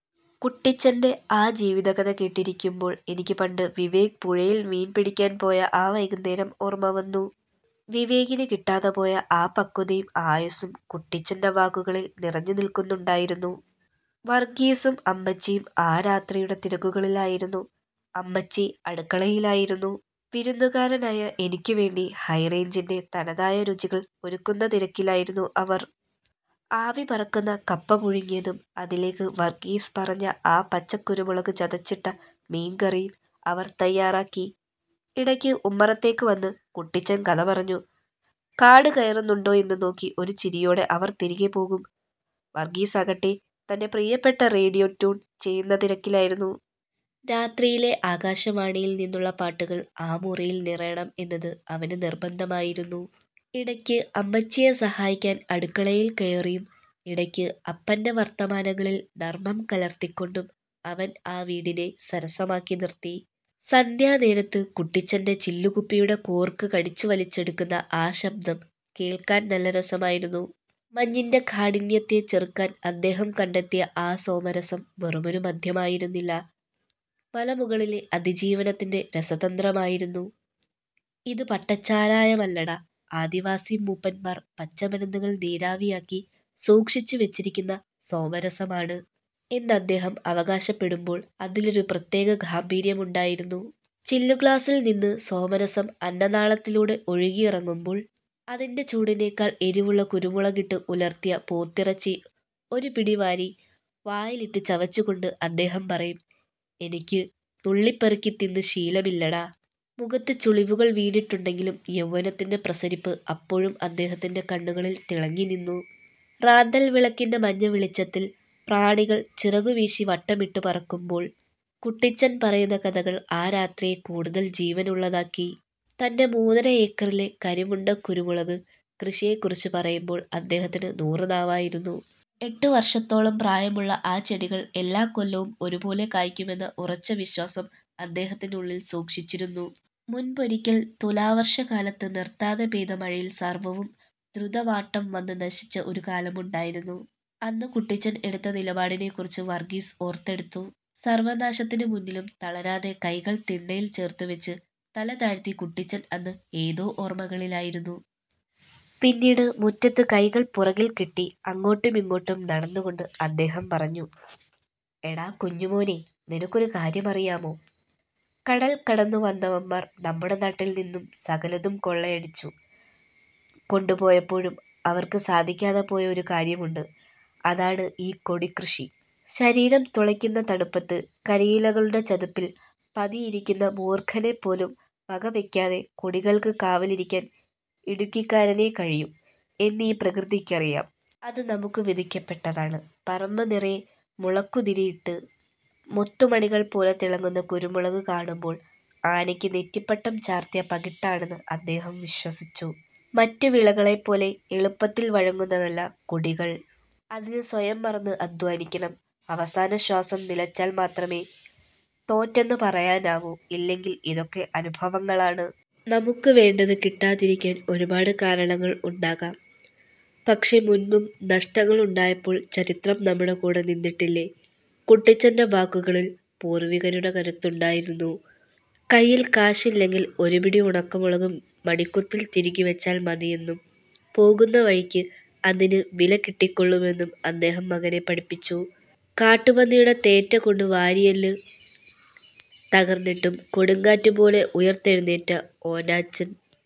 കുട്ടിച്ചന്റെ ആ ജീവിതകഥ കേട്ടിരിക്കുമ്പോൾ, എനിക്ക് പണ്ട് വിവേക് പുഴയിൽ മീൻ പിടിക്കാൻ പോയ ആ വൈകുന്നേരം ഓർമ്മ വന്നു. വിവേകിന് കിട്ടാതെ പോയ ആ പക്വതയും ആയുസ്സും കുട്ടിച്ചന്റെ വാക്കുകളിൽ നിറഞ്ഞുനിൽക്കുന്നുണ്ടായിരുന്നു. വർഗീസും അമ്മച്ചിയും ആ രാത്രിയുടെ തിരക്കുകളിലായിരുന്നു. അമ്മച്ചി അടുക്കളയിലായിരുന്നു. വിരുന്നുകാരനായ എനിക്കു വേണ്ടി ഹൈറേഞ്ചിന്റെ തനതായ രുചികൾ ഒരുക്കുന്ന തിരക്കിലായിരുന്നു അവർ. ആവി പറക്കുന്ന കപ്പ പുഴുങ്ങിയതും, അതിലേക്ക് വർഗീസ് പറഞ്ഞ ആ 'പച്ചക്കുരുമുളക്' ചതച്ചിട്ട മീൻകറിയും അവർ തയ്യാറാക്കി. ഇടയ്ക്ക് ഉമ്മറത്തേക്ക് വന്ന്, കുട്ടിച്ചൻ കഥ പറഞ്ഞു കാടുകയറുന്നുണ്ടോ എന്ന് നോക്കി ഒരു ചിരിയോടെ അവർ തിരികെ പോകും. വർഗീസാകട്ടെ, തന്റെ പ്രിയപ്പെട്ട റേഡിയോ ട്യൂൺ ചെയ്യുന്ന തിരക്കിലായിരുന്നു. രാത്രിയിലെ ആകാശവാണിയിൽ നിന്നുള്ള പാട്ടുകൾ ആ മുറിയിൽ നിറയണം എന്നത് അവന് നിർബന്ധമായിരുന്നു. ഇടയ്ക്ക് അമ്മച്ചിയെ സഹായിക്കാൻ അടുക്കളയിൽ കയറിയും, ഇടയ്ക്ക് അപ്പന്റെ വർത്തമാനങ്ങളിൽ നർമ്മം കലർത്തിക്കൊണ്ടും അവൻ ആ വീടിനെ സരസമാക്കി നിർത്തി. സന്ധ്യാനേരത്ത് കുട്ടിച്ചന്റെ ചില്ലുകുപ്പിയുടെ കോർക്ക് കടിച്ചുവലിച്ചെടുക്കുന്ന ആ ശബ്ദം കേൾക്കാൻ നല്ല രസമായിരുന്നു. മഞ്ഞിന്റെ കാഠിന്യത്തെ ചെറുക്കാൻ അദ്ദേഹം കണ്ടെത്തിയ ആ സോമരസം വെറുമൊരു മദ്യമായിരുന്നില്ല, മലമുകളിലെ അതിജീവനത്തിന്റെ രസതന്ത്രമായിരുന്നു. "ഇത് പട്ടച്ചാരായമല്ലട... ആദിവാസി മൂപ്പന്മാർ പച്ചമരുന്നുകൾ നീരാവിയാക്കി സൂക്ഷിച്ചുവെച്ചിരിക്കുന്ന സോമരസമാണ്" എന്ന് അദ്ദേഹം അവകാശപ്പെടുമ്പോൾ അതിലൊരു പ്രത്യേക ഗാംഭീര്യമുണ്ടായിരുന്നു. ചില്ലുഗ്ലാസിൽനിന്ന് സോമരസം അന്നനാളത്തിലൂടെ ഒഴുകിയിറങ്ങുമ്പോൾ, അതിന്റെ ചൂടിനേക്കാൾ എരിവുള്ള കുരുമുളകിട്ട് ഉലർത്തിയ പോത്തിറച്ചി ഒരുപിടി വാരി വായിലിട്ട് ചവച്ചുകൊണ്ട് അദ്ദേഹം പറയും, "എനിക്ക് നുള്ളിപ്പെറുക്കി തിന്ന് ശീലമില്ലെടാ. " മുഖത്ത് ചുളിവുകൾ വീണിട്ടുണ്ടെങ്കിലും യൗവനത്തിന്റെ പ്രസരിപ്പ് അപ്പോഴും അദ്ദേഹത്തിന്റെ കണ്ണുകളിൽ തിളങ്ങിനിന്നു. റാന്തൽ വിളക്കിന്റെ മഞ്ഞവെളിച്ചത്തിൽ പ്രാണികൾ ചിറകുവീശി വട്ടമിട്ടു പറക്കുമ്പോൾ കുട്ടിച്ചൻ പറയുന്ന കഥകൾ ആ രാത്രിയെ കൂടുതൽ ജീവനുള്ളതാക്കി. തന്റെ മൂന്നര ഏക്കറിലെ കരിമുണ്ട കുരുമുളക് കൃഷിയെക്കുറിച്ച് പറയുമ്പോൾ അദ്ദേഹത്തിന് നൂറുനാവായിരുന്നു. എട്ടു വർഷത്തോളം പ്രായമുള്ള ആ ചെടികൾ എല്ലാക്കൊല്ലവും ഒരുപോലെ കായ്ക്കുമെന്ന ഉറച്ച വിശ്വാസം അദ്ദേഹം ഉള്ളിൽ സൂക്ഷിച്ചിരുന്നു. മുൻപൊരിക്കൽ തുലാവർഷക്കാലത്ത്, നിർത്താതെ പെയ്ത മഴയിൽ സർവ്വവും ദ്രുതവാട്ടം വന്ന് നശിച്ച ഒരു കാലമുണ്ടായിരുന്നു. അന്ന് കുട്ടിച്ചൻ എടുത്ത നിലപാടിനെക്കുറിച്ച് വർഗീസ് ഓർത്തെടുത്തു. സർവ്വനാശത്തിന് മുന്നിലും തളരാതെ, കൈകൾ തിണ്ണയിൽ ചേർത്തുവെച്ച് തലതാഴ്ത്തി കുട്ടിച്ചൻ അന്ന് ഏതോ ഓർമ്മകളിലായിരുന്നു. പിന്നീട് മുറ്റത്ത് കൈകൾ പുറകിൽ കെട്ടി അങ്ങോട്ടുമിങ്ങോട്ടും നടന്നുകൊണ്ട് അദ്ദേഹം പറഞ്ഞു: "എടാ കുഞ്ഞുമോനെ, നിനക്കൊരു കാര്യം അറിയാമോ? കടൽ കടന്നുവന്നവന്മാർ നമ്മുടെ നാട്ടിൽ നിന്ന് സകലതും കൊള്ളയടിച്ചു കൊണ്ടുപോയപ്പോഴും അവർക്ക് സാധിക്കാതെ പോയ ഒരു കാര്യമുണ്ട്—അതാണ് ഈ കൊടികൃഷി. ശരീരം തുളയ്ക്കുന്ന തണുപ്പത്ത്, കരിയിലകളുടെ ചതുപ്പിൽ പതിയിരിക്കുന്ന മൂർഖനെപ്പോലും വകവെക്കാതെ കൊടികൾക്ക് കാവലിരിക്കാൻ ഇടുക്കിക്കാരനേ കഴിയൂ എന്ന് ഈ പ്രകൃതിക്കറിയാം. അത് നമുക്ക് വിധിക്കപ്പെട്ടതാണ്. " പറമ്പുനിറയെ മുളക്കുതിരിയിട്ട്, മുത്തുമണികൾ പോലെ തിളങ്ങുന്ന കുരുമുളക് കാണുമ്പോൾ ആനയ്ക്ക് നെറ്റിപ്പട്ടം ചാർത്തിയ പകിട്ടാണെന്ന് അദ്ദേഹം വിശ്വസിച്ചു. മറ്റു വിളകളെപ്പോലെ എളുപ്പത്തിൽ വഴങ്ങുന്നതല്ല കൊടികൾ; അതിന് സ്വയം മറന്ന് അധ്വാനിക്കണം. "അവസാന ശ്വാസം നിലച്ചാൽ മാത്രമേ തോറ്റെന്ന് പറയാനാവൂ, ഇല്ലെങ്കിൽ ഇതൊക്കെ അനുഭവങ്ങളാണ്. നമുക്ക് വേണ്ടത് കിട്ടാതിരിക്കാൻ ഒരുപാട് കാരണങ്ങൾ ഉണ്ടാകാം, പക്ഷേ മുൻപും നഷ്ടങ്ങളുണ്ടായപ്പോൾ ചരിത്രം നമ്മുടെ കൂടെ നിന്നിട്ടില്ലേ? " കുട്ടിച്ചന്റെ വാക്കുകളിൽ പൂർവ്വികരുടെ കരുത്തുണ്ടായിരുന്നു. കയ്യിൽ കാശില്ലെങ്കിൽ ഒരുപിടി ഉണക്കമുളക് മടിക്കുത്തിൽ തിരുകിവെച്ചാൽ മതിയെന്നും, പോകുന്ന വഴിക്ക് അതിന് വില കിട്ടിക്കൊള്ളുമെന്നും അദ്ദേഹം മകനെ പഠിപ്പിച്ചു. കാട്ടുപന്നിയുടെ തേറ്റ കൊണ്ട് വാരിയെല്ല് തകർന്നിട്ടും കൊടുങ്കാറ്റ് പോലെ ഉയർത്തെഴുന്നേറ്റ ഓനാച്ചൻ